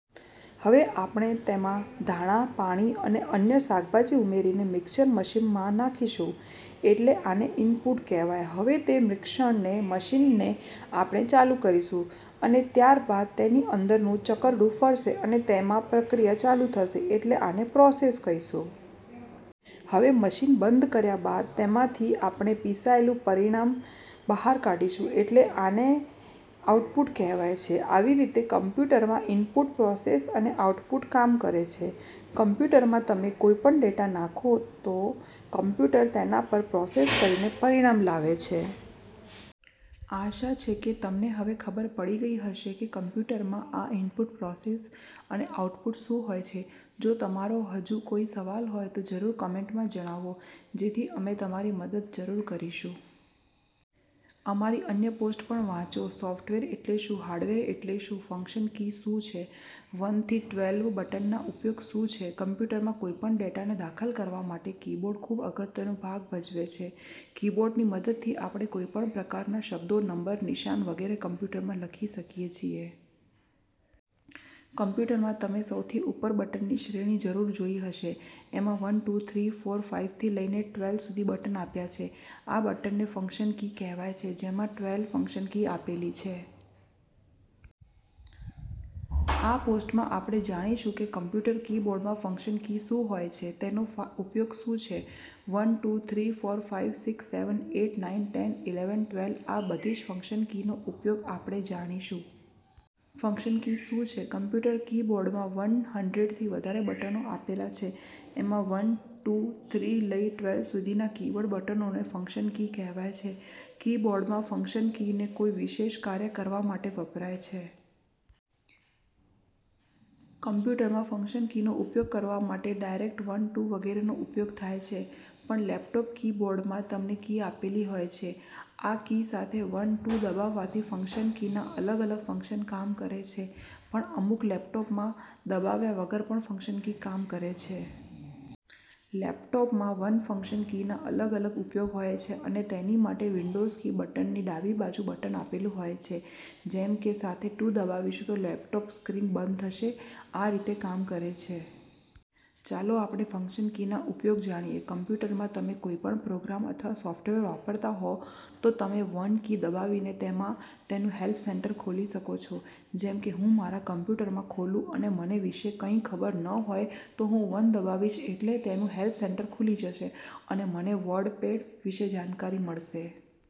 હવે આપણે તેમાં ધાણા, પાણી અને અન્ય શાકભાજી ઉમેરીને મિક્ષર મશીનમાં નાખીશું એટલે આને ઈનપુટ કહેવાય. હવે તે મિક્ષણ મશીનને આપણે ચાલુ કરીશું અને ત્યાર બાદ તેની અંદરનું ચકરડું ફરશે અને તેમાં પ્રક્રિયા ચાલુ થશે એટલે આને પ્રોસેસ કહીશું. હવે મશીન બંધ કર્યા બાદ તેમાંથી આપણે પિસાયેલું પરિણામ બહાર કાઢીશું એટલે આને આઉટપુટ કહેવાય છે. આવી રીતે કમ્પ્યુટરમાં ઈનપુટ, પ્રોસેસ અને આઉટપુટ કામ કરે છે. કમ્પ્યુટરમાં તમે કોઈ પણ ડેટા નાખો તો કમ્પ્યુટર તેના પર પ્રોસેસ કરીને પરિણામ લાવે છે. આશા છે કે તમને હવે ખબર પડી ગઈ હશે કે કમ્પ્યુટરમાં આ ઈનપુટ, પ્રોસેસ અને આઉટપુટ શું હોય છે. જો તમારો હજુ કોઈ સવાલ હોય તો જરૂર કોમેન્ટમાં જણાવો જેથી અમે તમારી મદદ જરૂર કરીશું. અમારી અન્ય પોસ્ટ પણ વાંચો- સોફ્ટવેર એટલે શું? હાર્ડવેર એટલે શું? ફંક્શન કી શું છે? વન થી ટ્વેલ્વ બટનના ઉપયોગ શું છે? કમ્પ્યુટરમાં કોઈ પણ ડેટાને દાખલ કરવા માટે કીબોર્ડ ખૂબ અગત્યનો ભાગ ભજવે છે, કીબોર્ડની મદદથી આપણે કોઈ પણ પ્રકારના શબ્દો, નંબર, નિશાન વગેરે કમ્પ્યુટરમાં લખી શકીએ છે. કમ્પ્યુટરમાં તમે સૌથી ઉપર બટનની શ્રેણી જરૂર જોઈ હશે એમાં one, two, three, four, five થી લઈને ટ્વેલ્વ સુધી બટન આપ્યા છે, આ બટનને ફંક્શન કી કહેવાય છે, જેમાં ટ્વેલ્વ ફંક્શન કી આપેલી છે. આ પોસ્ટમાં આપણે જાણીશું કે કમ્પ્યુટર કીબોર્ડમાં ફંક્શન કી શું હોય છે? તેનો ઉપયોગ શું છે? One, two, three, four, five, six, seven, eight, nine, ten, eleven, twelve આ બધી જ ફંક્શન કીનો ઉપયોગ આપણે જાણીશું. ફંક્શન કી શું છે? કમ્પ્યુટર કીબોર્ડમાં વન હંડ્રેડ થી વધારે બટનો આપેલા છે, એમાં વન, ટુ થી લઈ ટ્વેલ્વ સુધીના કીબોર્ડ બટનોને ફંક્શન કી કહેવાય છે. કીબોર્ડમાં ફંક્શન કીને કોઈ વિશેષ કાર્ય કરવા માટે વપરાય છે. કમ્પ્યુટરમાં ફંક્શન કીનો ઉપયોગ કરવા માટે ડાઇરેક્ટ વન, ટુ વગેરેનો ઉપયોગ થાય છે પણ લેપટોપ કીબોર્ડમાં તમને કી આપેલી હોય છે. આ કી સાથે વન, ટુ દબાવવાથી ફંક્શન કીના અલગ-અલગ ફંક્શન કામ કરે છે, પણ અમુક લેપટોપમાં દબાવ્યા વગર પણ ફંક્શન કી કામ કરે છે. લેપટોપમાં વન ફંક્શન કીના અલગ-અલગ ઉપયોગ હોય છે અને તેની માટે વિન્ડોઝ કી બટનની ડાબી બાજુ બટન આપેલું હોય છે, જેમ કે સાથે ટુ દબાવીશું તો લેપટોપ સ્ક્રીન બંધ થશે, આ રીતે કામ કરે છે. ચાલો આપણે ફંક્શન કીના ઉપયોગ જાણીએ. કમ્પ્યુટરમાં તમે કોઈ પણ પ્રોગ્રામ અથવા સોફ્ટવેર વાપરતા હોય તો તમે વન કી દબાવીને તેમાં તેનું હેલ્પ સેન્ટર ખોલી શકો છો. જેમ કે હું મારા કમ્પ્યુટરમાં ખોલુ અને મને વિશે કઈ ખબર ન હોય તો હું વન દબાવીશ એટલે તેનું હેલ્પ સેન્ટર ખૂલી જશે અને મને વર્ડપેડ વિશે જાણકારી મળશે.